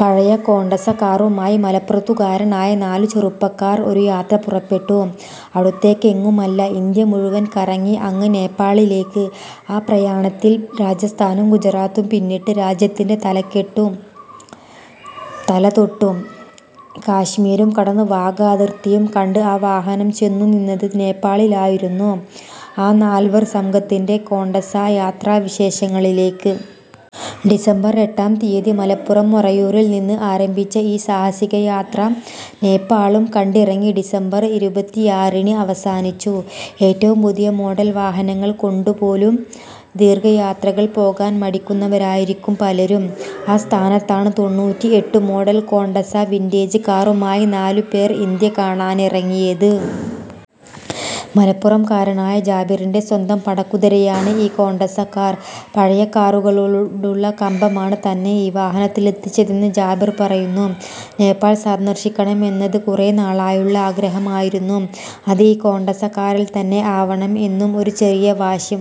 പഴയ കോണ്ടസ കാറുമായി മലപ്പുറത്തുകാരായ നാലു ചെറുപ്പക്കാർ ഒരു യാത്ര പുറപ്പെട്ടു. അടുത്തേക്കെങ്ങുമല്ല, ഇന്ത്യ മുഴുവനും കറങ്ങി അങ്ങ് നേപ്പാളിലേക്ക്. ആ പ്രയാണത്തിൽ രാജസ്ഥാനും ഗുജറാത്തും പിന്നിട്ട് രാജ്യത്തിന്‍റെ തലകെട്ടും തലതൊട്ടു. കശ്മീരും കടന്ന് വാഗ അതിർത്തിയും കണ്ട് ആ വാഹനം ചെന്നുനിന്നത് നേപ്പാളിലായിരുന്നു. ആ നാൽവർ സംഘത്തിന്‍റെ കോണ്ടസാ യാത്രാവിശേഷങ്ങളിലേക്ക്. ഡിസംബർ എട്ടാം തീയതി മലപ്പുറം മൊറയൂരിൽനിന്ന് ആരംഭിച്ച ഈ സാഹസിക യാത്ര നേപ്പാളും കണ്ടിറങ്ങി ഡിസംബർ ഇരുപതിയാറിന് അവസാനിച്ചു. ഏറ്റവും പുതിയ മോഡൽ വാഹനങ്ങൾ കൊണ്ടുപോലും ദീർഘയാത്രകൾ പോകാൻ മടിക്കുന്നവരായിരിക്കും പലരും. ആ സ്ഥാനത്താണ് തൊന്നൂറ്റിഎട്ടു മോഡൽ കോണ്ടസ വിന്റേജ് കാറുമായി നാലുപേർ ഇന്ത്യ കാണാനിറങ്ങിയത്. മലപ്പുറംകാരനായ ജാബിറിന്റെ സ്വന്തം പടക്കുതിരയാണ് ഈ കോണ്ടസ കാർ. പഴയ കാറുകളോടുള്ള കമ്പമാണ് തന്നെ ഈ വാഹനത്തിൽ എത്തിച്ചതെന്ന് ജാബിർ പറയുന്നു. നേപ്പാൾ സന്ദർശിക്കണമെന്നത് കുറേനാളായുള്ള ആഗ്രഹമായിരുന്നു. അത് ഈ കോണ്ടസ കാറിൽത്തന്നെ ആവണം എന്നും ഒരു ചെറിയ വാശി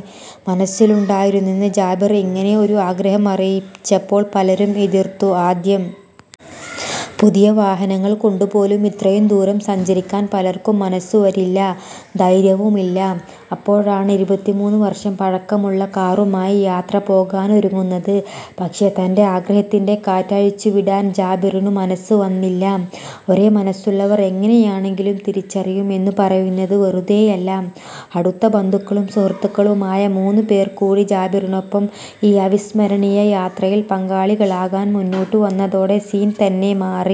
മനസ്സിലുണ്ടായിരുന്നെന്ന് ജാബിർ. ഇങ്ങനെ ഒരു ആഗ്രഹം അറിയിച്ചപ്പോൾ പലരും എതിർത്തു ആദ്യം. പുതിയ വാഹനങ്ങൾ കൊണ്ടുപോലും ഇത്രയും ദൂരം സഞ്ചരിക്കാൻ പലർക്കും മനസ്സു വരില്ല, ധൈര്യവുമില്ല. അപ്പോഴാണ് ഇരുപത്തിമൂന്ന് വർഷം പഴക്കമുള്ള കാറുമായി യാത്ര പോകാനൊരുങ്ങുന്നത്. പക്ഷേ തന്‍റെ ആഗ്രഹത്തിന്‍റെ കാറ്റഴിച്ചുവിടാൻ ജാബിറിനു മനസ്സ് വന്നില്ല. ഒരേ മനസ്സുള്ളവർ എങ്ങനെയാണെങ്കിലും തിരിച്ചറിയും എന്നു പറയുന്നത് വെറുതെയല്ല. അടുത്ത ബന്ധുക്കളും സുഹൃത്തുക്കളുമായ മൂന്നു പേർ കൂടി ജാബിറിനൊപ്പം ഈ അവിസ്മരണീയ യാത്രയിൽ പങ്കാളികളാകാൻ മുന്നോട്ടു വന്നതോടെ സീൻ തന്നെ മാറി.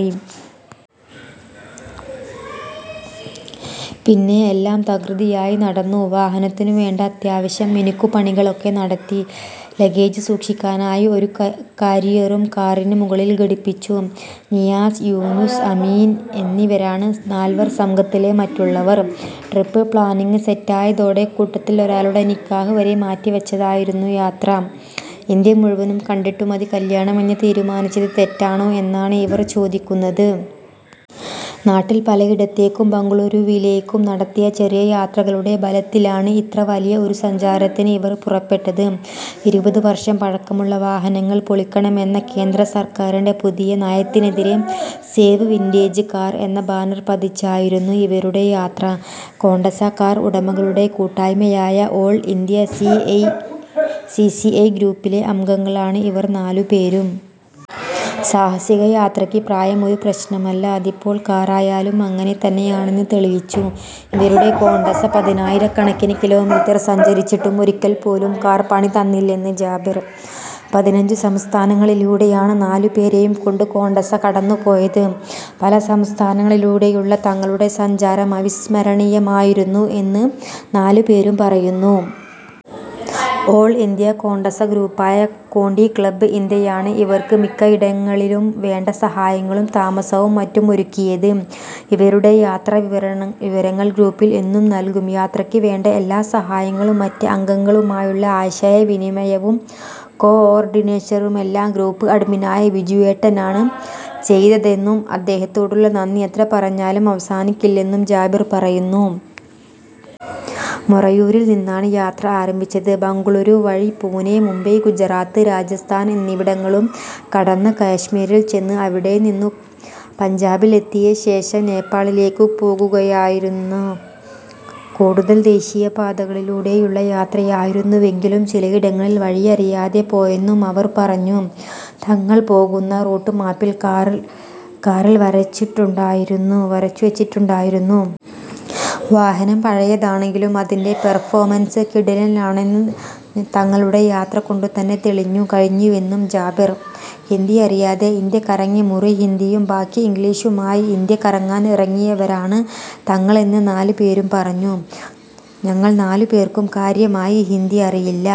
പിന്നെ എല്ലാം തകൃതിയായി നടന്നു. വാഹനത്തിനു വേണ്ട അത്യാവശ്യം മിനുക്കുപണികളൊക്കെ നടത്തി. ലഗേജ് സൂക്ഷിക്കാനായി ഒരു ക കാരിയറും കാറിന് മുകളിൽ ഘടിപ്പിച്ചു. നിയാസ്, യൂനുസ്, അമീൻ എന്നിവരാണ് നാൽവർ സംഘത്തിലെ മറ്റുള്ളവർ. ട്രിപ്പ് പ്ലാനിങ് സെറ്റായതോടെ കൂട്ടത്തിൽ ഒരാളുടെ നിക്കാഹ് വരെ മാറ്റി വച്ചാതായിരുന്നു യാത്ര. ഇന്ത്യ മുഴുവനും കണ്ടിട്ടു മതി കല്യാണം എന്ന് തീരുമാനിച്ചത് തെറ്റാണോ എന്നാണ് ഇവർ ചോദിക്കുന്നത്. നാട്ടിൽ പലയിടത്തേക്കും ബെംഗളൂരുവിലേക്കും നടത്തിയ ചെറിയ യാത്രകളുടെ ബലത്തിലാണ് ഇത്ര വലിയ ഒരു സഞ്ചാരത്തിന് ഇവർ പുറപ്പെട്ടത്. ഇരുപത് വർഷം പഴക്കമുള്ള വാഹനങ്ങൾ പൊളിക്കണമെന്ന കേന്ദ്ര സർക്കാരിന്റെ പുതിയ നയത്തിനെതിരെ സേവ് വിന്റേജ് കാർ എന്ന ബാനർ പതിച്ചായിരുന്നു ഇവരുടെ യാത്ര. കോണ്ടസ കാർ ഉടമകളുടെ കൂട്ടായ്മയായ all India C A C C I ഗ്രൂപ്പിലെ അംഗങ്ങളാണ് ഇവർ നാലുപേരും. സാഹസിക യാത്രയ്ക്ക് പ്രായം ഒരു പ്രശ്നമല്ല. അതിപ്പോൾ കാറായാലും അങ്ങനെ തന്നെയാണെന്ന് തെളിയിച്ചു ഇവരുടെ കോണ്ടസ. പതിനായിരക്കണക്കിന് കിലോമീറ്റർ സഞ്ചരിച്ചിട്ടും ഒരിക്കൽ പോലും കാർ പണി തന്നില്ലെന്ന് ജാബിർ. പതിനഞ്ചു സംസ്ഥാനങ്ങളിലൂടെയാണ് നാലുപേരെയും കൊണ്ട് കോണ്ടസ കടന്നു പോയത്. പല സംസ്ഥാനങ്ങളിലൂടെയുള്ള തങ്ങളുടെ സഞ്ചാരം അവിസ്മരണീയമായിരുന്നു എന്ന് നാലുപേരും പറയുന്നു. ഓൾ ഇന്ത്യ കോണ്ടസ ഗ്രൂപ്പായ കോണ്ടി ക്ലബ് ഇന്ത്യയാണ് ഇവർക്ക് മിക്കയിടങ്ങളിലും വേണ്ട സഹായങ്ങളും താമസവും മറ്റും ഒരുക്കിയത്. ഇവരുടെ യാത്രാവിവരണ വിവരങ്ങൾ ഗ്രൂപ്പിൽ എന്നും നൽകും. യാത്രയ്ക്ക് വേണ്ട എല്ലാ സഹായങ്ങളും മറ്റ് അംഗങ്ങളുമായുള്ള ആശയവിനിമയവും കോഓർഡിനേഷറുമെല്ലാം ഗ്രൂപ്പ് അഡ്മിനായ വിജുവേട്ടനാണ് ചെയ്തതെന്നും അദ്ദേഹത്തോടുള്ള നന്ദി എത്ര പറഞ്ഞാലും അവസാനിക്കില്ലെന്നും ജാബിർ പറയുന്നു. മൊറയൂരിൽ നിന്നാണ് യാത്ര ആരംഭിച്ചത്. ബെംഗളൂരു വഴി പുണെ, മുംബൈ, ഗുജറാത്ത്, രാജസ്ഥാൻ എന്നിവിടങ്ങളും കടന്ന് കശ്മീരിൽ ചെന്ന് അവിടെനിന്നു പഞ്ചാബിൽ എത്തിയ ശേഷം നേപ്പാളിലേക്കു പോകുകയായിരുന്നു. കൂടുതൽ ദേശീയ പാതകളിലൂടെയുള്ള യാത്രയായിരുന്നുവെങ്കിലും ചിലയിടങ്ങളിൽ വഴിയറിയാതെ പോയെന്നും അവർ പറഞ്ഞു. തങ്ങൾ പോകുന്ന റൂട്ട് മാപ്പ് കാറിൽ കാറിൽവരച്ചിട്ടുണ്ടായിരുന്നു വരച്ചു വെച്ചിട്ടുണ്ടായിരുന്നു. വാഹനം പഴയതാണെങ്കിലും അതിന്റെ പെർഫോമൻസ് കിടിലനാണെന്ന് തങ്ങളുടെ യാത്ര കൊണ്ടുതന്നെ തെളിഞ്ഞു കഴിഞ്ഞുവെന്നും ജാബിർ. ഹിന്ദി അറിയാതെ ഇന്ത്യ കറങ്ങി മുറി ഹിന്ദിയും ബാക്കി ഇംഗ്ലിഷുമായി ഇന്ത്യ കറങ്ങാൻ ഇറങ്ങിയവരാണ് തങ്ങളെന്ന് നാലുപേരും പറഞ്ഞു. '' ഞങ്ങൾ നാലു പേർക്കും കാര്യമായി ഹിന്ദി അറിയില്ല.